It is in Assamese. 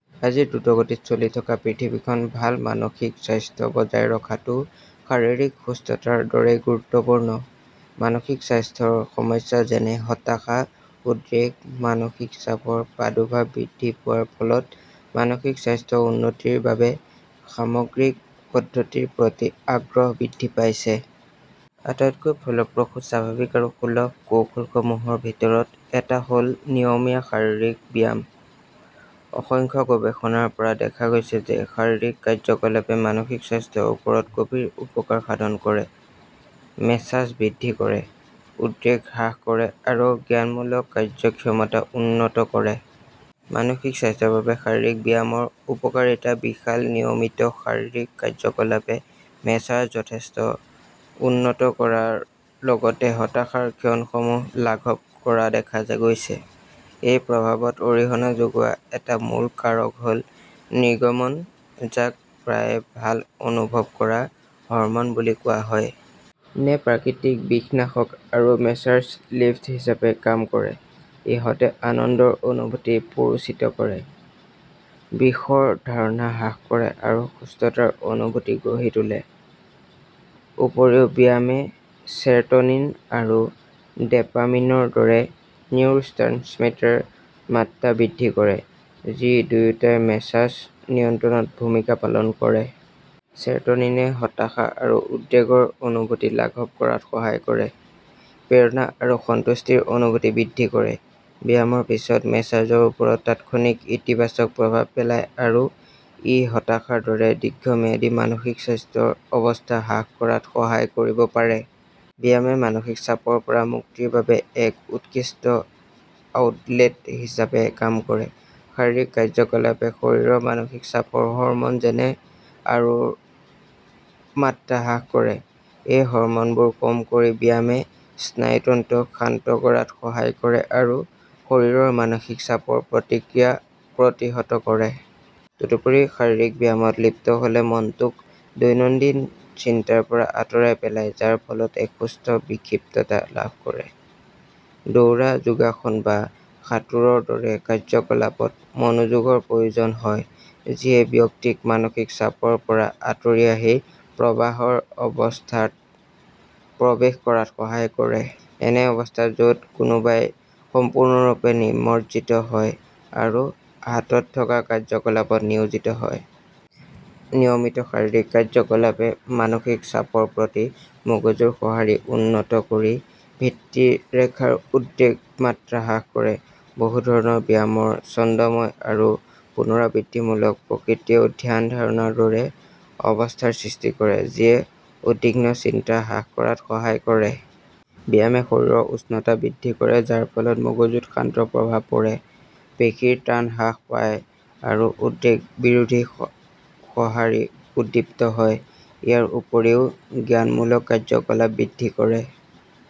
আজিৰ দ্ৰুতগতিত চলি থকা পৃথিৱীখনত ভাল মানসিক স্বাস্থ্য বজাই ৰখাটোও শাৰীৰিক সুস্থতাৰ দৰেই গুৰুত্বপূৰ্ণ। মানসিক স্বাস্থ্যৰ সমস্যা যেনে হতাশা, উদ্বেগ, মানসিক চাপৰ প্ৰাদুৰ্ভাৱ বৃদ্ধি পোৱাৰ ফলত মানসিক স্বাস্থ্য উন্নতিৰ বাবে সামগ্ৰিক পদ্ধতিৰ প্ৰতি আগ্ৰহ বৃদ্ধি পাইছে। আটাইতকৈ ফলপ্ৰসূ, স্বাভাৱিক আৰু সুলভ কৌশলসমূহৰ ভিতৰত এটা হ'ল নিয়মীয়া শাৰীৰিক ব্যায়াম। অসংখ্য গৱেষণাৰ পৰা দেখা গৈছে যে শাৰীৰিক কাৰ্যকলাপে মানসিক স্বাস্থ্যৰ ওপৰত গভীৰ উপকাৰ সাধন কৰে, মেজাজ বৃদ্ধি কৰে, উদ্বেগ হ্ৰাস কৰে আৰু জ্ঞানমূলক কাৰ্য্যক্ষমতা উন্নত কৰে। মানসিক স্বাস্থ্যৰ বাবে শাৰীৰিক ব্যায়ামৰ উপকাৰিতা বিশাল নিয়মিত শাৰীৰিক কাৰ্য্যকলাপে মেজাজ যথেষ্ট উন্নত কৰাৰ লগতে হতাশাৰ লক্ষণসমূহ লাঘৱ কৰা দেখা গৈছে। এই প্ৰভাৱত অৰিহণা যোগোৱা এটা মূল কাৰক হ'ল ৰ নিৰ্গমন, যাক প্ৰায়ে "ভাল অনুভৱ কৰা" হৰম'ন বুলি কোৱা হয়। নে প্ৰাকৃতিক বিষনাশক আৰু মেজাজ লিফ্ট হিচাপে কাম কৰে। ইহঁতে আনন্দৰ অনুভূতি প্ৰৰোচিত কৰে, বিষৰ ধাৰণা হ্ৰাস কৰে আৰু সুস্থতাৰ অনুভূতি গঢ়ি তোলে। ৰ উপৰিও ব্যায়ামে চেৰ'টনিন আৰু ডেপামিনৰ দৰে নিউৰ'ট্ৰান্সমিটাৰ মাত্ৰা বৃদ্ধি কৰে, যি দুয়োটাই মেজাজ নিয়ন্ত্ৰণত ভূমিকা পালন কৰে। চেৰ'টনিনে হতাশা আৰু উদ্বেগৰ অনুভূতি লাঘৱ কৰাত সহায় কৰে, প্ৰেৰণা আৰু সন্তুষ্টিৰ অনুভূতি বৃদ্ধি কৰে। ব্যায়ামৰ পিছত মেজাজৰ ওপৰত তাৎক্ষণিক ইতিবাচক প্ৰভাৱ পেলায় আৰু ই হতাশাৰ দৰে দীৰ্ঘম্যাদী মানসিক স্বাস্থ্যৰ অৱস্থা হ্ৰাস কৰাত সহায় কৰিব পাৰে। ব্যায়ামে মানসিক চাপৰ পৰা মুক্তিৰ বাবে এক উৎকৃষ্ট আউটলেট হিচাপে কাম কৰে। শাৰীৰিক কাৰ্য্যকলাপে শৰীৰৰ মানসিক চাপৰ হৰম'ন যেনে আৰু ৰ মাত্ৰা হ্ৰাস কৰে। এই হৰম'নবোৰ কম কৰি ব্যায়ামে স্নায়ুতন্ত্ৰক শান্ত কৰাত সহায় কৰে আৰু শৰীৰৰ মানসিক চাপৰ প্ৰতিক্ৰিয়া প্ৰতিহত কৰে। তদুপৰি শাৰীৰিক ব্যায়ামত লিপ্ত হ'লে মনটোক দৈনন্দিন চিন্তাৰ পৰা আঁতৰাই পেলায়, যাৰ ফলত এক সুস্থ বিক্ষিপ্ততা লাভ কৰে। দৌৰা, যোগাসন বা সাঁতোৰৰ দৰে কাৰ্য্যকলাপত মনোযোগৰ প্ৰয়োজন হয়, যিয়ে ব্যক্তিক মানসিক চাপৰ পৰা আঁতৰি আহি প্ৰবাহৰ অৱস্থাত প্ৰৱেশ কৰাত সহায় কৰে— এনে অৱস্থা য'ত কোনোবাই সম্পূৰ্ণৰূপে নিমজ্জিত হয় আৰু হাতত থকা কাৰ্য্যকলাপত নিয়োজিত হয়। নিয়মিত শাৰীৰিক কাৰ্য্যকলাপে মানসিক চাপৰ প্ৰতি মগজুৰ সঁহাৰি উন্নত কৰি ভিত্তি ৰেখাৰ উদ্বেগৰ মাত্ৰা হ্ৰাস কৰে। বহু ধৰণৰ ব্যায়ামৰ ছন্দময় আৰু পুনৰাবৃত্তিমূলক প্ৰকৃতিয়েও ধ্যান-ধাৰণাৰ দৰে অৱস্থাৰ সৃষ্টি কৰে, যিয়ে উদ্বিগ্ন চিন্তা হ্ৰাস কৰাত সহায় কৰে। ব্যায়ামে শৰীৰৰ উষ্ণতা বৃদ্ধি কৰে, যাৰ ফলত মগজুত শান্ত প্ৰভাৱ পৰে, পেশীৰ টান হ্ৰাস পায় আৰু উদ্বেগ বিৰোধী সঁহাৰি উদ্দীপিত হয়। ইয়াৰ উপৰিও ই জ্ঞানমূলক কাৰ্য্যকলাপ বৃদ্ধি কৰে,